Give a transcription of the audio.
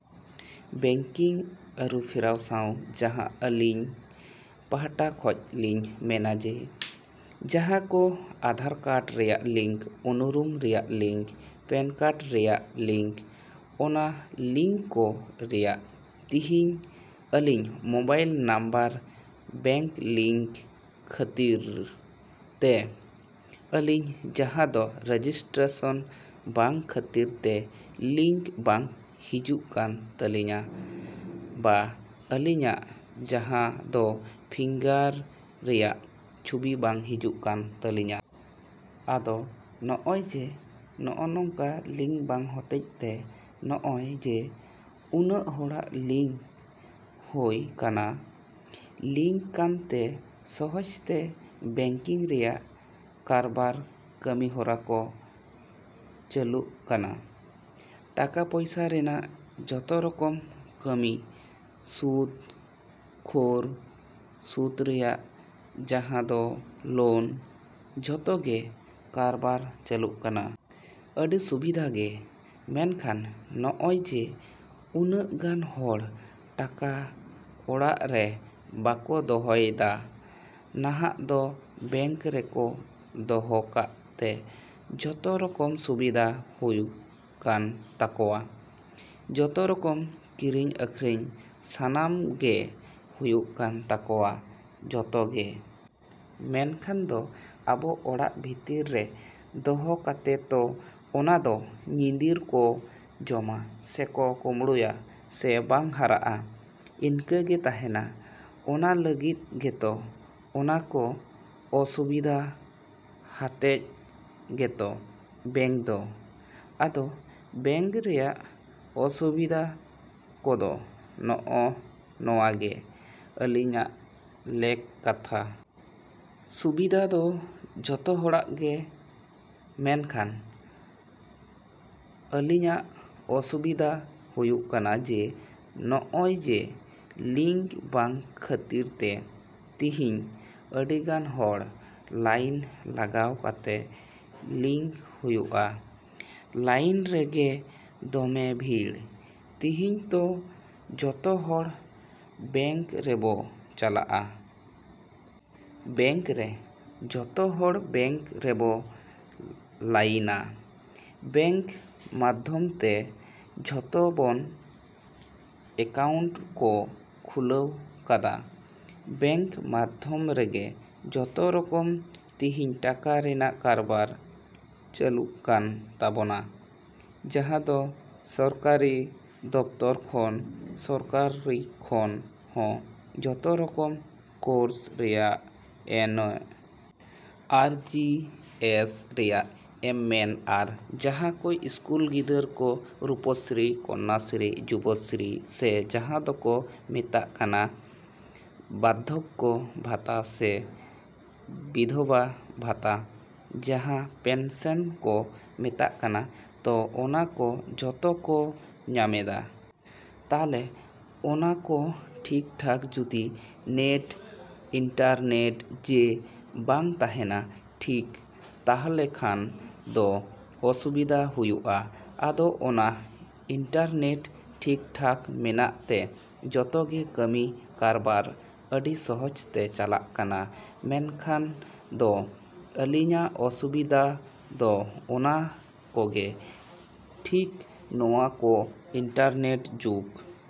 Banking ᱟᱹᱨᱩᱯᱷᱮᱨᱟᱣ ᱥᱟᱶ ᱡᱟᱦᱟᱸ ᱟᱹᱞᱤᱧ ᱯᱟᱦᱴᱟ ᱠᱷᱚᱡ ᱞᱤᱧ ᱢᱮᱱᱟ ᱡᱮ, ᱡᱟᱦᱟᱸ ᱠᱚ ᱟᱫᱷᱟᱨ ᱠᱟᱨᱰ ᱨᱮᱭᱟᱜ ᱞᱤᱝᱠ, ᱩᱱᱩᱨᱩᱢ ᱨᱮᱭᱟᱜ ᱞᱤᱝᱠ, ᱯᱮᱱ ᱠᱟᱨᱰ ᱨᱮᱭᱟᱜ ᱞᱤᱝᱠ ᱚᱱᱟ ᱞᱤᱝᱠ ᱠᱚ ᱨᱮᱱᱟᱜ ᱛᱤᱦᱤᱧ ᱟᱹᱞᱤᱧ ᱢᱳᱵᱟᱭᱤᱞ ᱱᱟᱢᱵᱟᱨ ᱵᱟᱝ ᱞᱤᱝᱠ ᱠᱷᱟᱹᱛᱤᱨ ᱛᱮ ᱟᱹᱞᱤᱧ ᱡᱟᱦᱟᱸ ᱫᱚ ᱨᱮᱡᱤᱥᱴᱨᱮᱥᱮᱱ ᱵᱟᱝ ᱠᱷᱟᱹᱛᱤᱨ ᱛᱮ ᱞᱤᱝᱠ ᱵᱟᱝ ᱦᱤᱡᱩᱜ ᱠᱟᱱ ᱛᱟᱹᱞᱤᱧᱟ ᱵᱟ ᱟᱹᱞᱤᱧᱟᱜ ᱡᱟᱦᱟᱸ ᱫᱚ ᱯᱷᱤᱝᱜᱟᱨ ᱨᱮᱭᱟᱜ ᱪᱷᱚᱵᱤ ᱵᱟᱝ ᱦᱩᱭᱩᱜ ᱠᱟᱱ ᱛᱟᱞᱤᱧᱟ᱾ ᱟᱫᱚ ᱱᱚᱜᱼᱚᱭ ᱡᱮ, ᱱᱚᱜᱼᱚ ᱱᱚᱝᱠᱟ ᱞᱤᱝᱠ ᱵᱟᱝ ᱦᱚᱛᱮᱡ ᱛᱮ ᱱᱚᱜᱼᱚᱭ ᱡᱮ, ᱩᱱᱟᱹᱜ ᱦᱚᱲᱟᱜ ᱞᱤᱝᱠ ᱦᱩᱭ ᱠᱟᱱᱟ, ᱞᱤᱝᱠ ᱠᱟᱱᱛᱮ ᱥᱚᱦᱚᱡ ᱛᱮ ᱵᱮᱝᱠᱤᱝ ᱨᱮᱭᱟᱜ ᱠᱟᱨᱵᱟᱨ ᱠᱟᱹᱢᱤ ᱦᱚᱨᱟ ᱠᱚ ᱪᱟᱞᱩᱜ ᱠᱟᱱᱟ᱾ ᱴᱟᱠᱟ ᱯᱚᱭᱥᱟ ᱨᱮᱱᱟᱜ ᱡᱚᱛᱚ ᱨᱚᱠᱚᱢ ᱠᱟᱹᱢᱤ, ᱥᱩᱫ ᱠᱷᱳᱨ ᱥᱩᱫ ᱨᱮᱭᱟᱜ ᱡᱟᱦᱟᱸ ᱫᱚ ᱞᱳᱱ, ᱡᱚᱛᱚ ᱜᱮ ᱠᱟᱨᱵᱟᱨ ᱪᱟᱹᱞᱩᱜ ᱠᱟᱱᱟ᱾ ᱟᱹᱰᱤ ᱥᱩᱵᱤᱫᱷᱟ ᱜᱮ᱾ ᱢᱮᱱᱠᱷᱟᱱ ᱱᱚᱜᱼᱚᱭ ᱡᱮ, ᱩᱱᱟᱹᱜ ᱜᱟᱱ ᱦᱚᱲ ᱴᱟᱠᱟ ᱚᱲᱟᱜ ᱨᱮ ᱵᱟᱠᱚ ᱫᱚᱦᱚᱭᱮᱫᱟ ᱱᱟᱦᱟᱜ ᱫᱚ ᱵᱮᱝᱠ ᱨᱮᱠᱚ ᱫᱚᱦᱚ ᱠᱟᱜ ᱛᱮ ᱡᱚᱛᱚ ᱨᱚᱠᱚᱢ ᱥᱩᱵᱤᱫᱟ ᱦᱩᱭᱩᱜ ᱠᱟᱱ ᱛᱟᱠᱚᱣᱟ᱾ ᱡᱚᱛᱚ ᱨᱚᱠᱚᱢ ᱠᱤᱨᱤᱧ ᱟᱹᱠᱷᱨᱤᱧ ᱥᱟᱱᱟᱢ ᱜᱮ ᱦᱩᱭᱩᱜ ᱠᱟᱱ ᱛᱟᱠᱚᱣᱟ, ᱡᱚᱛᱚ ᱜᱮ᱾ ᱢᱮᱱᱠᱷᱟᱱ ᱫᱚ ᱟᱵᱚ ᱚᱲᱟᱜ ᱵᱷᱤᱛᱤᱨ ᱨᱮ ᱫᱚᱦᱚ ᱠᱟᱛᱮ ᱛᱚ, ᱚᱱᱟ ᱫᱚ ᱧᱤᱫᱤᱨ ᱠᱚ ᱡᱚᱢᱟ ᱥᱮᱠᱚ ᱠᱩᱢᱵᱲᱩᱭᱟ, ᱥᱮ ᱵᱟᱝ ᱦᱟᱨᱟᱜᱼᱟ ᱤᱱᱠᱟᱹᱜᱮ ᱛᱟᱦᱮᱱᱟ ᱚᱱᱟ ᱞᱟᱹᱜᱤᱫ ᱜᱮᱛᱚ, ᱚᱱᱟᱠᱚ ᱚᱥᱩᱵᱤᱫᱟ ᱦᱟᱛᱮᱡ ᱜᱮᱛᱚ ᱵᱮᱝᱠ ᱫᱚ᱾ ᱟᱫᱚ ᱵᱮᱝᱠ ᱨᱮᱭᱟᱜ ᱚᱥᱩᱵᱤᱫᱟ ᱠᱚᱫᱚ ᱱᱚᱜᱼᱚ ᱱᱚᱣᱟᱜᱮ ᱟᱹᱞᱤᱧᱟᱜ ᱞᱮᱠ ᱠᱟᱛᱷᱟ᱾ ᱥᱩᱵᱤᱫᱟ ᱫᱚ ᱡᱚᱛᱚ ᱦᱚᱲᱟᱜ ᱜᱮ ᱢᱮᱱᱠᱷᱟᱱ ᱟᱹᱞᱤᱧᱟᱜ ᱚᱥᱩᱵᱤᱫᱟ ᱦᱩᱭᱩᱜ ᱠᱟᱱᱟ ᱡᱮ, ᱱᱚᱜᱼᱚᱭ ᱡᱮ, ᱞᱤᱝᱠ ᱵᱟᱝ ᱠᱷᱟᱹᱛᱤᱨ ᱛᱮ ᱛᱤᱦᱤᱧ ᱟᱹᱰᱤᱜᱟᱱ ᱦᱚᱲ ᱞᱟᱭᱤᱱ ᱞᱟᱜᱟᱣ ᱠᱟᱛᱮ ᱞᱤᱝᱠ ᱦᱩᱭᱩᱜᱼᱟ᱾ ᱞᱟᱭᱤᱱ ᱨᱮᱜᱮ ᱫᱚᱢᱮ ᱵᱷᱤᱲ᱾ ᱛᱤᱦᱤᱧ ᱛᱚ, ᱡᱚᱛᱚ ᱦᱚᱲ ᱵᱮᱝᱠ ᱨᱮᱵᱚ ᱪᱟᱞᱟᱜᱼᱟ᱾ ᱵᱮᱝᱠ ᱨᱮ, ᱡᱚᱛᱚ ᱦᱚᱲ ᱵᱮᱝᱠ ᱨᱮᱵᱚ ᱞᱟᱹᱭᱤᱱᱟ᱾ ᱵᱮᱝᱠ ᱢᱟᱫᱽᱫᱷᱚᱢ ᱛᱮ ᱡᱚᱛᱚ ᱵᱚᱱ ᱮᱠᱟᱣᱩᱱᱴ ᱠᱚ ᱠᱷᱩᱞᱟᱹᱣ ᱠᱟᱫᱟ, ᱵᱮᱝᱠ ᱢᱟᱫᱽᱫᱷᱚᱢ ᱨᱮᱜᱮ ᱡᱚᱛᱚ ᱨᱚᱠᱚᱢ ᱛᱤᱦᱤᱧ ᱴᱟᱠᱟ ᱨᱮᱱᱟᱜ ᱠᱟᱨᱵᱟᱨ ᱪᱟᱹᱞᱩᱜ ᱠᱟᱱ ᱛᱟᱵᱚᱱᱟ᱾ ᱡᱟᱦᱟᱸ ᱫᱚ ᱥᱚᱨᱠᱟᱨᱤ ᱫᱚᱯᱛᱚᱨ ᱠᱷᱚᱱ, ᱥᱚᱨᱠᱟᱨᱤ ᱠᱷᱚᱱ ᱦᱚᱸ ᱡᱚᱛᱚ ᱨᱚᱠᱚᱢ ᱠᱳᱨᱥ ᱨᱮᱭᱟᱜ, ᱮᱱ. ᱟᱨ. ᱡᱤ. ᱮᱥ. ᱨᱮᱭᱟᱜ ᱮᱢ ᱢᱮᱱ ᱟᱨ ᱡᱟᱦᱟᱸ ᱠᱚ ᱤᱥᱠᱩᱞ ᱜᱤᱫᱟᱹᱨ ᱠᱚ, ᱨᱩᱯᱚᱥᱨᱤ, ᱠᱚᱱᱱᱟᱥᱨᱤ, ᱡᱩᱵᱚᱥᱨᱤ, ᱥᱮ ᱡᱟᱦᱟᱸ ᱫᱚᱠᱚ ᱢᱮᱛᱟᱜ ᱠᱟᱱᱟ ᱵᱟᱨᱫᱷᱚᱠᱠᱚ ᱵᱷᱟᱛᱟ ᱥᱮ ᱵᱤᱫᱷᱚᱵᱟ ᱵᱷᱟᱛᱟ ᱡᱟᱦᱟᱸ ᱯᱮᱱᱥᱚᱱ ᱠᱚ ᱢᱮᱛᱟᱜ ᱠᱟᱱᱟ ᱛᱚ, ᱚᱱᱟ ᱠᱚ ᱡᱚᱛᱚ ᱠᱚ ᱧᱟᱢᱮᱫᱟ᱾ ᱛᱟᱦᱞᱮ ᱚᱱᱟ ᱠᱚ ᱴᱷᱤᱠᱼᱴᱷᱟᱠ ᱡᱩᱫᱤ ᱱᱮᱴ, ᱤᱱᱴᱟᱨ ᱱᱮᱴ ᱡᱮ, ᱵᱟᱝ ᱛᱟᱦᱮᱱᱟ ᱴᱷᱤᱠ, ᱛᱟᱦᱚᱞᱮ ᱠᱷᱟᱱ ᱫᱚ ᱚᱥᱩᱵᱤᱫᱟ ᱦᱩᱭᱩᱜᱼᱟ᱾ ᱟᱫᱚ ᱚᱱᱟ ᱤᱱᱴᱟᱨᱱᱮᱴ ᱴᱷᱤᱠᱼᱴᱷᱟᱠ ᱢᱮᱱᱟᱜ ᱛᱮ ᱡᱚᱛᱚ ᱜᱮ ᱠᱟᱹᱢᱤ ᱠᱟᱨᱵᱟᱨ ᱟᱹᱰᱤ ᱥᱚᱦᱚᱡ ᱛᱮ ᱪᱟᱞᱟᱜ ᱠᱟᱱᱟ᱾ ᱢᱮᱱᱠᱷᱟᱱ ᱫᱚ ᱟᱹᱞᱤᱧᱟᱜ ᱚᱥᱩᱵᱤᱫᱟ ᱫᱚ ᱚᱱᱟ ᱠᱚᱜᱮ ᱴᱷᱤᱠ ᱱᱚᱣᱟ ᱠᱚ ᱤᱱᱴᱟᱨᱱᱮᱴ ᱡᱩᱜᱽ᱾